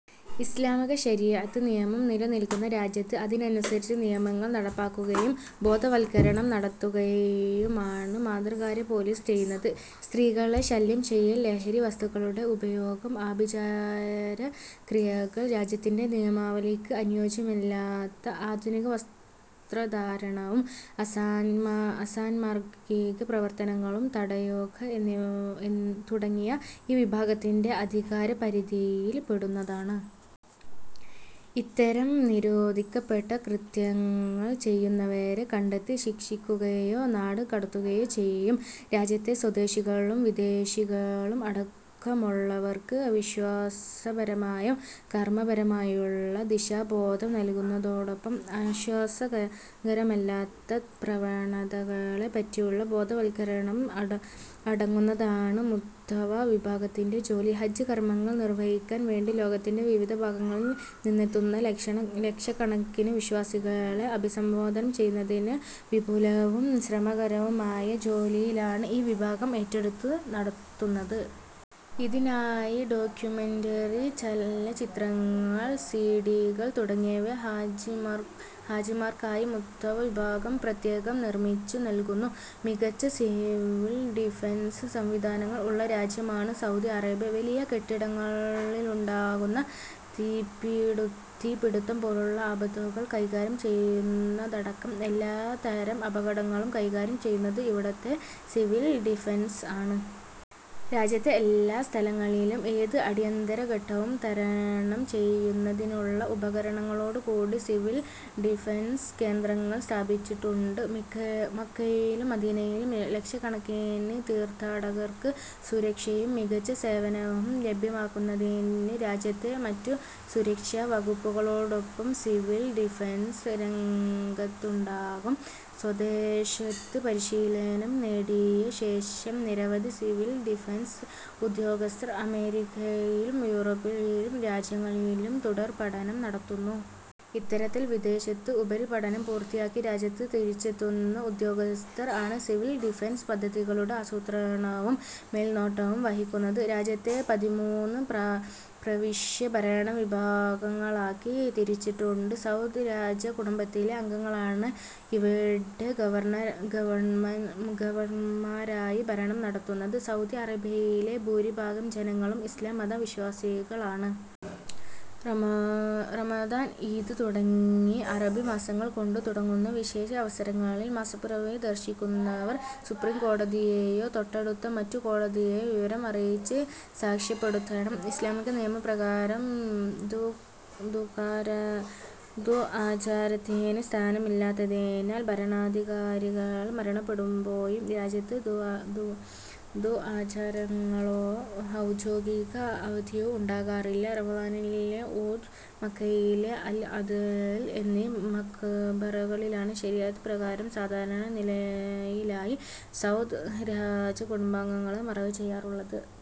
ഇസ്ലാമിക ശരീഅത്ത് നിയമം നില നിൽക്കുന്ന രാജ്യത്ത് അതിനനുസരിച്ച് നിയമങ്ങൾ നടപ്പാക്കുകയും ബോധവൽക്കരണം നടത്തുകയുമാണ് മതകാര്യ പോലീസ് ചെയ്യുന്നത്. സ്ത്രീകളെ ശല്യം ചെയ്യൽ, ലഹരി വസ്തുക്കളുടെ ഉപയോഗം, ആഭിചാരക്രിയകൾ, രാജ്യത്തിന്റെ നിയമാവലിക്ക് അനുയോജ്യമല്ലാത്ത ആധുനിക വസ്ത്രധാരണവും അസാന്മാർഗിക പ്രവർത്തനങ്ങളും തടയുക തുടങ്ങിയവ ഈ വിഭാഗത്തിന്റെ അധികാര പരിധിയിൽ പെടുന്നതാണ്. ഇത്തരം നിരോധിക്കപ്പെട്ട കൃത്യങ്ങൾ ചെയ്യുന്നവരെ കണ്ടെത്തി ശിക്ഷിക്കുകയോ നാട് കടത്തുകയോ ചെയ്യും. രാജ്യത്തെ സ്വദേശികളും വിദേശികളും അടക്കമുള്ളവർക്ക് വിശ്വാസപരമായും കർമപരമായുമുള്ള ദിശാബോധം നൽകുന്നതോടൊപ്പം ആശാസ്യകരമല്ലാത്ത പ്രവണതകളെ പറ്റിയുള്ള ബോധവത്കരണവും അടങ്ങുന്നതാണ് മുത്തവ്വ വിഭാഗത്തിന്റെ ജോലി. ഹജ്ജ് കർമങ്ങൾ നിർവഹിക്കാൻ വേണ്ടി ലോകത്തിന്റെ വിവിധ ഭാഗങ്ങളിൽ നിന്നെത്തുന്ന ലക്ഷക്കണക്കിന് വിശ്വാസികളെ അഭിസംബോധന ചെയ്യുന്നതിന് വിപുലവും ശ്രമകരവുമായ ജോലിയിലാണ് ഈ വിഭാഗം ഏറ്റെടുത്തു നടത്തുന്നത്. ഇതിനായി ഡോക്യുമെന്ററി ചലച്ചിത്രങ്ങൾ, സി. ഡി. കൾ, തുടങ്ങിയവ ഹാജിമാർക്കായി മുത്തവ്വ വിഭാഗം പ്രത്യേകം നിർമിച്ചു നൽകുന്നു. മികച്ച സിവിൽ ഡിഫൻസ് സംവിധാനങ്ങൾ ഉള്ള രാജ്യമാണ് സൗദി അറേബ്യ. വലിയ കെട്ടിടങ്ങളിലുണ്ടാകുന്ന തീപ്പിടുത്തം പോലുള്ള ആപത്തുകൾ കൈകാര്യം ചെയ്യുന്നതടക്കം എല്ലാതരം അപകടങ്ങളും കൈകാര്യം ചെയ്യുന്നത് ഇവിടുത്തെ സിവിൽ ഡിഫൻസ് ആണ്. രാജ്യത്തെ എല്ലാ സ്ഥലങ്ങളിലും ഏത് അടിയന്തരഘട്ടവും തരണം ചെയ്യുന്നതിനുള്ള ഉപകരണങ്ങളോട് കൂടിയ സിവിൽ ഡിഫൻസ് കേന്ദ്രങ്ങൾ സ്ഥാപിച്ചിട്ടുണ്ട്. മക്കയിലും മദീനയിലും ലക്ഷക്കണക്കിന് തീർത്ഥാടകർക്ക് സുരക്ഷയും മികച്ച സേവനവും ലഭ്യമാക്കുന്നതിന് രാജ്യത്തെ മറ്റു സുരക്ഷാ വകുപ്പുകളോടൊപ്പം സിവിൽ ഡിഫൻസും രംഗത്തുണ്ടാകും. സ്വദേശത്ത് പരിശീലനം നേടിയ ശേഷം നിരവധി സിവിൽ ഡിഫൻസ് ഉദ്യോഗസ്ഥർ അമേരിക്കയിലും യൂറോപ്യൻ രാജ്യങ്ങളിലും തുടർപഠനം നടത്തുന്നു. ഇത്തരത്തിൽ വിദേശത്തു ഉപരിപഠനം പൂർത്തിയാക്കി രാജ്യത്ത് തിരിച്ചെത്തുന്ന ഉദ്യോഗസ്ഥർ ആണ് സിവിൽ ഡിഫൻസ് പദ്ധതികളുടെ ആസൂത്രണവും മേൽനോട്ടവും വഹിക്കുന്നത്. രാജ്യത്തെ പതിമൂന്നു പ്രവിശ്യ ഭരണ വിഭാഗങ്ങളാക്കി തിരിച്ചിട്ടുണ്ട്. സൗദ് രാജ കുടുംബത്തിലെ അംഗങ്ങളാണ് ഇവിടെ ഗവർണർമാരായി ഭരണം നടത്തുന്നത്. സൗദി അറേബ്യയിലെ ഭൂരിഭാഗം ജനങ്ങളും ഇസ്ലാം മത വിശ്വാസികൾ ആണ്. റമദാൻ, ഈദ് തുടങ്ങി അറബി മാസങ്ങൾ കൊണ്ട് തുടങ്ങുന്ന വിശേഷ അവസരങ്ങളിൽ മാസപ്പിറവി ദർശിക്കുന്നവർ സുപ്രീം കോടതിയെയോ, തൊട്ടടുത്ത മറ്റു കോടതിയെയോ വിവരം അറിയിച്ച് സാക്ഷ്യപ്പെടുത്തണം. ഇസ്ലാമിക നിയമ പ്രകാരം ദു:ഖാചരണത്തിന് സ്ഥാനമില്ലാത്തതിനാൽ ഭരണാധികാരികൾ മരണപ്പെടുമ്പോഴും രാജ്യത്ത് ദു:ഖാചരണങ്ങളോ ഔദ്യോഗിക അവധിയോ ഉണ്ടാകാറില്ല. റിയാദിലെ ഊദ്, മക്കയിലെ അൽഅദ്ൽ എന്നീ മഖ്ബറകളിലാണ് ശരീഅത്ത് പ്രകാരം സാധാരണ നിലയിലാണ് സൗദ് രാജകുടുംബാംഗങ്ങളെ മറവു ചെയ്യാറുള്ളത്.